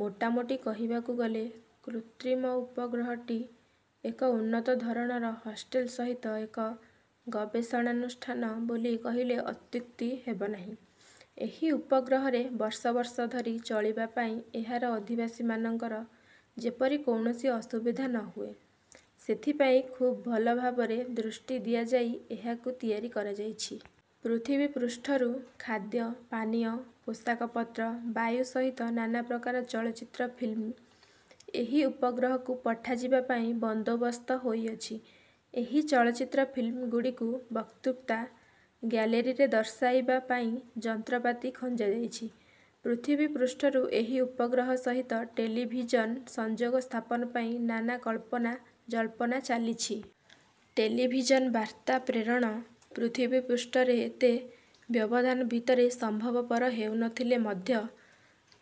ମୋଟାମୋଟି କହିବାକୁ ଗଲେ କୃତ୍ରିମ ଉପଗ୍ରହଟି ଏକ ଉନ୍ନତ ଧରଣର ହଷ୍ଟେଲ ସହିତ ଏକ ଗବେଷଣାନୁଷ୍ଠାନ ବୋଲି କହିଲେ ଅତ୍ୟୁକ୍ତି ହେବନାହିଁ। ଏହି ଉପଗ୍ରହରେ ବର୍ଷ ବର୍ଷ ଧରି ଚଳିବା ପାଇଁ ଏହାର ଅଧିବାସୀମାନଙ୍କର ଯେପରି କୌଣସି ଅସୁବିଧା ନ ହୁଏ, ସେଥିପାଇଁ ଖୁବ୍ ଭଲ ଭାବରେ ଦୃଷ୍ଟି ଦିଆଯାଇ ଏହାକୁ ତିଆରି କରାଯାଇଛି। ପୃଥିବୀପୃଷ୍ଠରୁ ଖାଦ୍ୟ, ପାନୀୟ, ପୋଷାକପତ୍ର, ବାୟୁ ସହିତ ନାନାପ୍ରକାର ଚଳଚ୍ଚିତ୍ର ଫିଲ୍ମ ଏହି ଉପଗ୍ରହକୁ ପଠାଯିବା ପାଇଁ ବନ୍ଦୋବସ୍ତ ହୋଇଅଛି। ଏହି ଚଳଚ୍ଚିତ୍ର ଫିଲ୍ମଗୁଡ଼ିକୁ ବକ୍ତୃତା। ଗ୍ୟାଲେରୀରେ ଦର୍ଶାଇବା ପାଇଁ ଯନ୍ତ୍ରପାତି ଖଞ୍ଜାଯାଇଛି। ପୃଥିବୀପୃଷ୍ଠରୁ ଏହି ଉପଗ୍ରହ ସହିତ ଟେଲିଭିଜନ୍ ସଂଯୋଗ ସ୍ଥାପନ ପାଇଁ ନାନାକଳ୍ପନା-ଜଳ୍ପନା ଚାଲିଛି। ଟେଲିଭିଜନ୍ ବାର୍ତ୍ତା ପ୍ରେରଣ ପୃଥିବୀପୃଷ୍ଠରେ ଏତେ ବ୍ୟବଧାନ ଭିତରେ ସମ୍ଭବପର ହେଉ ନ ଥିଲେ ମଧ୍ୟ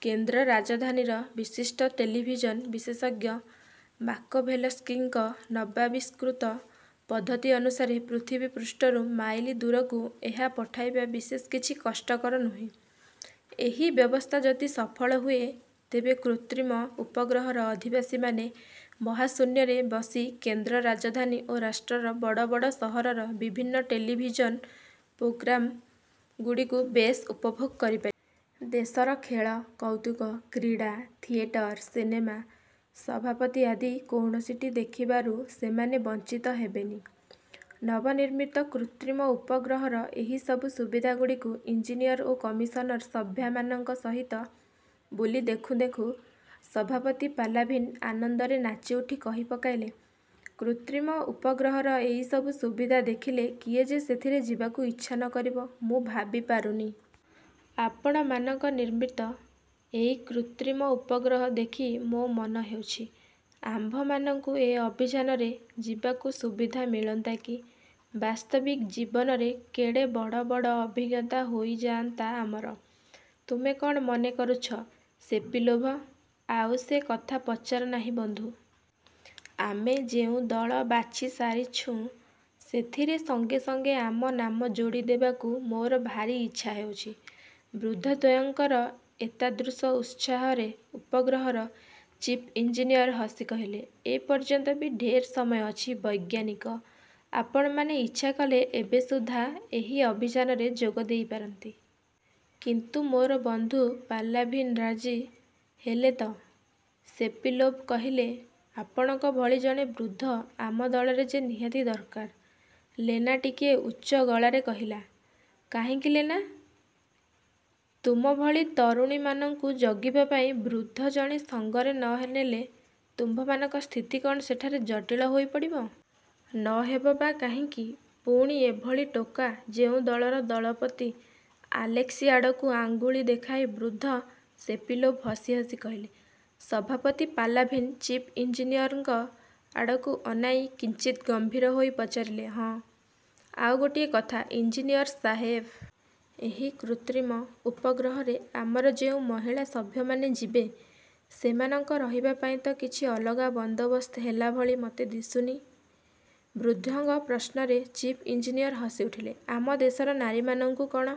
କେନ୍ଦ୍ର ରାଜଧାନୀର ବିଶିଷ୍ଟ ଟେଲିଭିଜନ୍ ବିଶେଷଜ୍ଞ ମାକୋଭେଲସ୍କିଙ୍କ ନବାବିଷ୍କୃତ ପଦ୍ଧତି ଅନୁସାରେ ପୃଥିବୀପୃଷ୍ଠରୁ ମାଇଲ ଦୂରକୁ ଏହା ପଠାଇବା ବିଶେଷ କିଛି କଷ୍ଟକର ନୁହେଁ। ଏହି ବ୍ୟବସ୍ଥା ଯଦି ସଫଳ ହୁଏ, ତେବେ କୃତ୍ରିମ ଉପଗ୍ରହର ଅଧିବାସୀମାନେ ମହାଶୂନ୍ୟରେ ବସି କେନ୍ଦ୍ର ରାଜଧାନୀ ଓ ରାଷ୍ଟ୍ରର ବଡ଼ ବଡ଼ ସହରର ବିଭିନ୍ନ ଟେଲିଭିଜନ୍ ପ୍ରୋଗ୍ରାମଗୁଡ଼ିକୁ ବେଶ୍ ଉପଭୋଗ କରି ପାରିବେ। ଦେଶର ଖେଳ, କୌତୁକ, କ୍ରୀଡ଼ା, ଥିଏଟର, ସିନେମା, ସଭାପତି ଆଦି କୌଣସିଟି ଦେଖିବାରୁ ସେମାନେ ବଞ୍ଚିତ ହେବେନି। ନବନିର୍ମିତ କୃତ୍ରିମ ଉପଗ୍ରହର ଏହି ସବୁ ସୁବିଧାଗୁଡ଼ିକୁ ଇଞ୍ଜିନିଅର ଓ କମିଶନର ସଭ୍ୟମାନଙ୍କ ସହିତ ବୁଲି ଦେଖୁଁ ଦେଖୁଁ ସଭାପତି ପାଲାଭିନ୍ ଆନନ୍ଦରେ ନାଚିଉଠି କହି ପକାଇଲେ-''କୃତ୍ରିମ ଉପଗ୍ରହର ଏଇସବୁ ସୁବିଧା ଦେଖିଲେ, କିଏ ଯେ ସେଥିରେ ଯିବାକୁ ଇଚ୍ଛା ନ କରିବ ମୁଁ ଭାବିପାରୁନି। ଆପଣମାନଙ୍କ ନିର୍ମିତ ଏଇ କୃତ୍ରିମ ଉପଗ୍ରହ ଦେଖି ମୋ ମନ ହେଉଛି, ଆମ୍ଭମାନଙ୍କୁ ଏ ଅଭିଯାନରେ ଯିବାକୁ ସୁବିଧା ମିଳନ୍ତା କି? ବାସ୍ତବିକ୍ ଜୀବନରେ କେଡ଼େ ବଡ଼ ବଡ଼ ଅଭିଜ୍ଞତା ହୋଇଯାଆନ୍ତା ଆମର? ତୁମେ କ'ଣ ମନେ କରୁଛ ସେପିଲୋଭ? '' ''ଆଉ ସେ କଥା ପଚାର ନାହିଁ ବନ୍ଧୁ। ଆମେ ଯେଉଁ ଦଳ ବାଛିସାରିଛୁଁ, ସେଥିରେ ସଙ୍ଗେ ସଙ୍ଗେ ଆମ ନାମ ଯୋଡ଼ିଦେବାକୁ ମୋର ଭାରି ଇଚ୍ଛା ହେଉଛି। '' ବୃଦ୍ଧଦ୍ୱୟଙ୍କର ଏତାଦୃଶ ଉତ୍ସାହରେ ଉପଗ୍ରହର ଚିଫ୍ଇଞ୍ଜିନିଅର ହସି କହିଲେ, ''ଏପର୍ଯ୍ୟନ୍ତ ବି ଢେର୍ ସମୟ ଅଛି ବୈଜ୍ଞାନିକ। ଆପଣମାନେ ଇଚ୍ଛା କଲେ ଏବେ ସୁଦ୍ଧା ଏହି ଅଭିଯାନରେ ଯୋଗ ଦେଇପାରନ୍ତି। '' ''କିନ୍ତୁ ମୋର ବନ୍ଧୁ ପାଲାଭିନ୍ରାଜି ହେଲେ ତ? '' ସେପିଲୋଭ୍ କହିଲେ। ''ଆପଣଙ୍କ ଭଳି ଜଣେ ବୃଦ୍ଧ ଆମ ଦଳରେ ଯେ ନିହାତି ଦରକାର। '' ଲେନା ଟିକିଏ ଉଚ୍ଚ ଗଳାରେ କହିଲା। ''କାହିଁକି ଲେନା, ତୁମ ଭଳି ତରୁଣୀମାନଙ୍କୁ ଜଗିବା ପାଇଁ ବୃଦ୍ଧ ଜଣେ ସଙ୍ଗରେ ନ ନେଲେ ତୁମ୍ଭମାନଙ୍କ ସ୍ଥିତି କ'ଣ ସେଠାରେ ଜଟିଳ ହୋଇ ପଡ଼ିବ? ନ ହେବ ବା କାହିଁକି; ପୁଣି ଏଭଳି ଟୋକା ଯେଉଁ ଦଳର ଦଳପତି? '' ଆଲେସ୍କି ଆଡ଼କୁ ଆଙ୍ଗୁଳି ଦେଖାଇ ବୃଦ୍ଧ ସେପିଲୋଭ୍ ହସି ହସି କହିଲେ। ସଭାପତି ପାଲାଭିନ୍ ଚିଫ୍ଇଞ୍ଜିନିଅର୍ଙ୍କ ଆଡ଼କୁ ଅନାଇ କିଞ୍ଚିତ୍ ଗମ୍ଭୀର ହୋଇ ପଚାରିଲେ-''ହଁ, ଆଉ ଗୋଟିଏ କଥା, ଇଞ୍ଜିନିଅର୍ ସାହେବ। ଏହି କୃତ୍ରିମ ଉପଗ୍ରହରେ ଆମର ଯେଉଁ ମହିଳା ସଭ୍ୟମାନେ ଯିବେ, ସେମାନଙ୍କ ରହିବାପାଇଁ ତ କିଛି ଅଲଗା ବନ୍ଦୋବସ୍ତ ହେଲାଭଳି ମୋତେ ଦିଶୁନି? '' ବୃଦ୍ଧଙ୍କ ପ୍ରଶ୍ନରେ ଚିଫ୍ଇଞ୍ଜିନିଅର୍ ହସିଉଠିଲେ-''ଆମ ଦେଶର ନାରୀମାନଙ୍କୁ କଣ